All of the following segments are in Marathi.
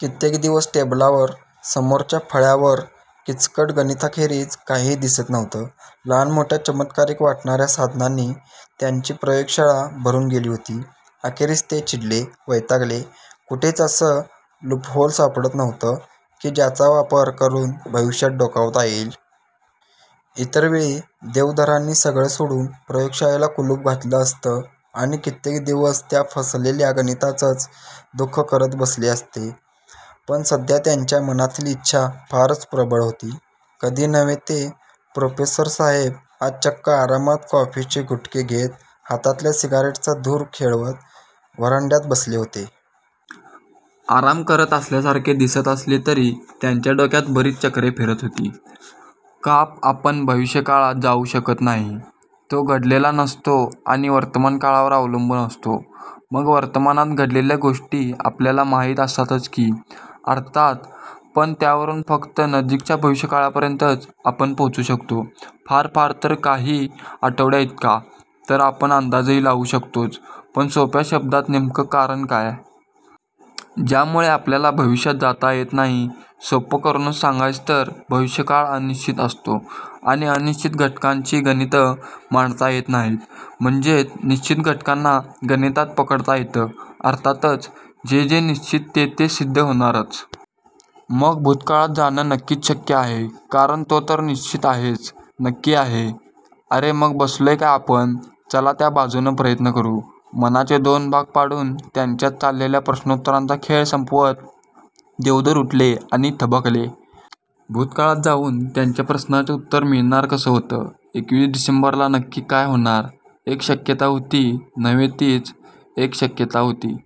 कित्येक दिवस टेबलावर, समोरच्या फळ्यावर किचकट गणितांखेरीज काहीही दिसत नव्हतं. लहान मोठ्या चमत्कारिक वाटणाऱ्या साधनांनी त्यांची प्रयोगशाळा भरून गेली होती. अखेरीस ते चिडले, वैतागले. कुठेच असं लूपहोल सापडत नव्हतं की ज्याचा वापर करून भविष्यात डोकावता येईल. इतरवेळी देवधरांनी सगळं सोडून प्रयोगशाळेला कुलूप घातलं असतं आणि कित्येक दिवस त्या फसलेल्या गणितांचंच दुःख करत बसले असते, पण सध्या त्यांच्या मनातली इच्छा फारच प्रबळ होती. कधी नव्हे ते प्रोफेसरसाहेब आज चक्क आरामात कॉफीचे घुटके घेत, हातातल्या सिगारेटचा धूर खेळवत व्हरांड्यात बसले होते. आराम करत असल्यासारखे दिसत असले तरी त्यांच्या डोक्यात बरीच चक्रे फिरत होती. का आपण भविष्यकाळात जाऊ शकत नाही? तो घडलेला नसतो आणि वर्तमानकाळावर अवलंबून असतो. मग वर्तमानात घडलेल्या गोष्टी आपल्याला माहीत असतातच की, अर्थात, पण त्यावरून फक्त नजीकच्या भविष्यकाळापर्यंतच आपण पोहोचू शकतो फार फार तर काही आठवडेइतका तर आपण अंदाजही लावू शकतोच, पण सोप्या शब्दात नेमकं कारण काय? ज्यामुळे आपल्याला भविष्यात जाता येत नाही. सोपं करूनच सांगायचं तर भविष्यकाळ अनिश्चित असतो, आणि अनिश्चित घटनांची गणितं मांडता येत नाहीत म्हणजे निश्चित घटनांना गणितात पकडता येतं? अर्थातच, जे जे निश्चित ते ते सिद्ध होणारच. मग भूतकाळात जाणं नक्की शक्य आहे, कारण तो तर निश्चित आहेच नक्की आहे अरे मग बसलोय काय आपण? चला त्या बाजूनं प्रयत्न करू. मनाचे दोन भाग पाडून त्यांच्यात चाललेल्या प्रश्नोत्तरांचा खेळ संपवत देवधर उठले आणि थबकले. भूतकाळात जाऊन त्यांच्या प्रश्नाचं उत्तर मिळणार कसं होतं? एकवीस डिसेंबरला नक्की काय होणार? एक शक्यता होती नव्हे तीच एक शक्यता होती.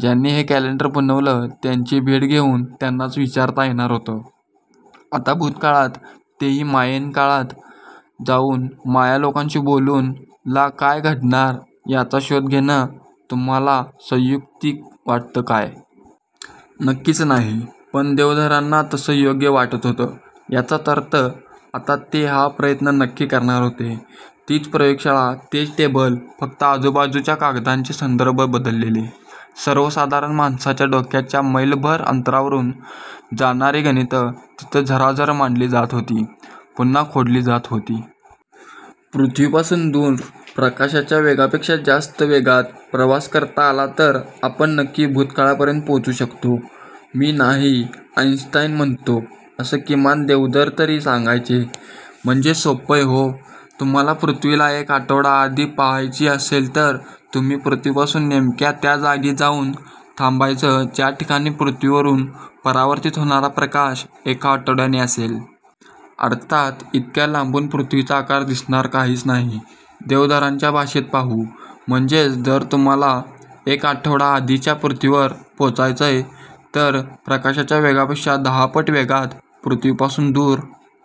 ज्यांनी हे कॅलेंडर बनवलं त्यांची भेट घेऊन त्यांनाच विचारता येणार होतं. आता भूतकाळात, तेही मायन काळात जाऊन माया लोकांशी बोलून ला काय घडणार याचा शोध घेणं तुम्हाला संयुक्तिक वाटतं काय? नक्कीच नाही, पण देवधरांना तसं योग्य वाटत होतं, याचाच अर्थ आता ते हा प्रयत्न नक्की करणार होते. तीच प्रयोगशाळा, तेच टेबल फक्त आजूबाजूच्या कागदांचे संदर्भ बदललेले. सर्वसाधारण माणसाच्या डोक्याच्या मैलभर अंतरावरून जाणारी गणितं तिथं झराझर मांडली जात होती, पुन्हा खोडली जात होती. पृथ्वीपासून दूर प्रकाशाच्या वेगापेक्षा जास्त वेगात प्रवास करता आला तर आपण नक्की भूतकाळापर्यंत पोहोचू शकतो. मी नाही आईन्स्टाईन म्हणतो असं किमान देवधर तरी सांगायचे. म्हणजे सोपंय हो, तुम्हाला पृथ्वीला एक आठवडा आधी पाहायची असेल तर तुम्ही पृथ्वीपासून नेमक्या त्या जागी जाऊन थांबायचं ज्या ठिकाणी पृथ्वीवरून परावर्तित होणारा प्रकाश एका आठवड्याने असेल. अर्थात इतक्या लांबून पृथ्वीचा आकार दिसणार काहीच नाही. देवधरांच्या भाषेत पाहू, म्हणजे जर तुम्हाला एक आठवडा आधीच्या पृथ्वीवर पोहोचायचंय तर प्रकाशाच्या वेगापेक्षा दहापट वेगात पृथ्वीपासून दूर